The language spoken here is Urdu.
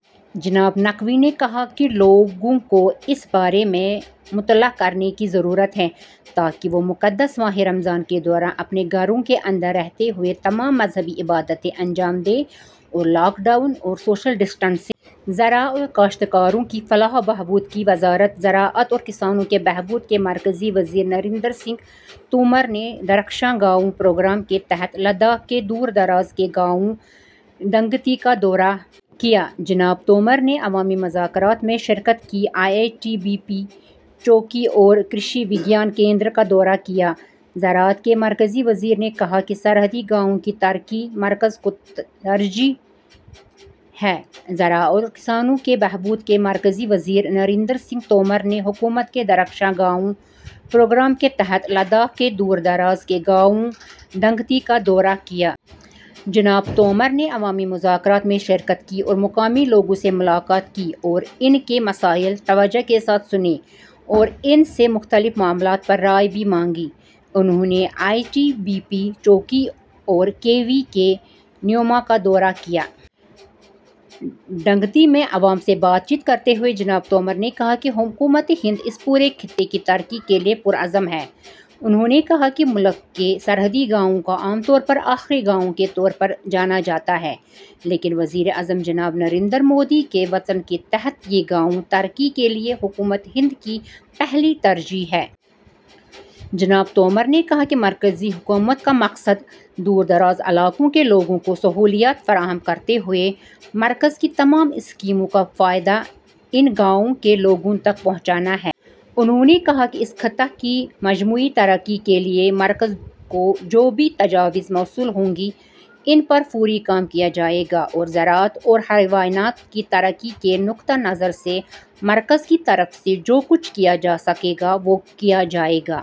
جناب نقوی نے کہا کہ لوگوں کو اِس بارے میں مطلع کرنے کی ضرورت ہے تاکہ وہ مقدس ماہ رمضان کے دوران اپنے گھروں کے اندر رہتے ہوئے تمام مذہبی عبادتیں انجام دیں اور لاک ڈاؤن اور سوشل ڈسٹینسنگ. زراعت اور کاشتکاروں کی فلاح و بہبود کی وزارت زراعت اورکسانوں کے بہبود کے مرکزی وزیر نریندرسنگھ تومر نے درخشاں گاؤں پروگرام کے تحت لداخ کے دور دراز کے گاؤں دنگتی کا دورہ کیا جناب تومر نے عوامی مذاکرات میں شرکت کی ، آئی ٹی بی پی چوکی اورکرشی وگیان کیندر کا دورہ کیا زراعت کے مرکزی وزیر نے کہاکہ سرحدی گاؤں کی ترقی مرکز کی ترجیح ہے زراعت اورکسانوں کے بہبود کے مرکزی وزیر نریندرسنگھ تومر نے حکومت کے درخشاں گاؤں پروگرام کے تحت لداخ کے دور دراز کے گاؤں دنگتی کا دورہ کیا۔ جناب تومر نے عوامی مذاکرات میں شرکت کی اور مقامی لوگوں سے ملاقات کی اوران کے مسائل توجہ کے ساتھ سنے اوران سے مختلف معاملات پر رائے بھی مانگی۔ انہوں نے آئی ٹی بی پی چوکی اور کے وی کے نیوما کا دورہ کیا۔ ڈنگتی میں عوام سے بات چیت کرتے ہوئے جناب تومر نے کہا کہ حکومت ہند اس پورے خطے کی ترقی کے لیے پرعزم ہے۔ انہوں نے کہا کہ ملک کے سرحدی گاؤں کو عام طور پر آخری گاؤں کے طور پر جانا جاتا ہے، لیکن وزیر اعظم جناب نریندر مودی کے وژن کے تحت یہ گاؤں ترقی کے لیے حکومت ہند کی پہلی ترجیح ہیں۔ جناب تومر نے کہا کہ مرکزی حکومت کا مقصد دور دراز علاقوں کے لوگوں کو سہولیات فراہم کرتے ہوئے مرکز کی تمام اسکیموں کا فائدہ ا ن گا ؤو ں کے لوگوں تک پہنچانا ہے۔ انہوں نے کہا کہ اس خطہ کی مجموعی ترقی کے لیے مرکز کو جو بھی تجاویز موصول ہوں گی، ان پر فوری کام کیا جائے گا اور زراعت اور حیوانات کی ترقی کے نقطہ نظر سے مرکز کی طرف سے جو کچھ کیا جا سکے گا، وہ کیا جائے گا۔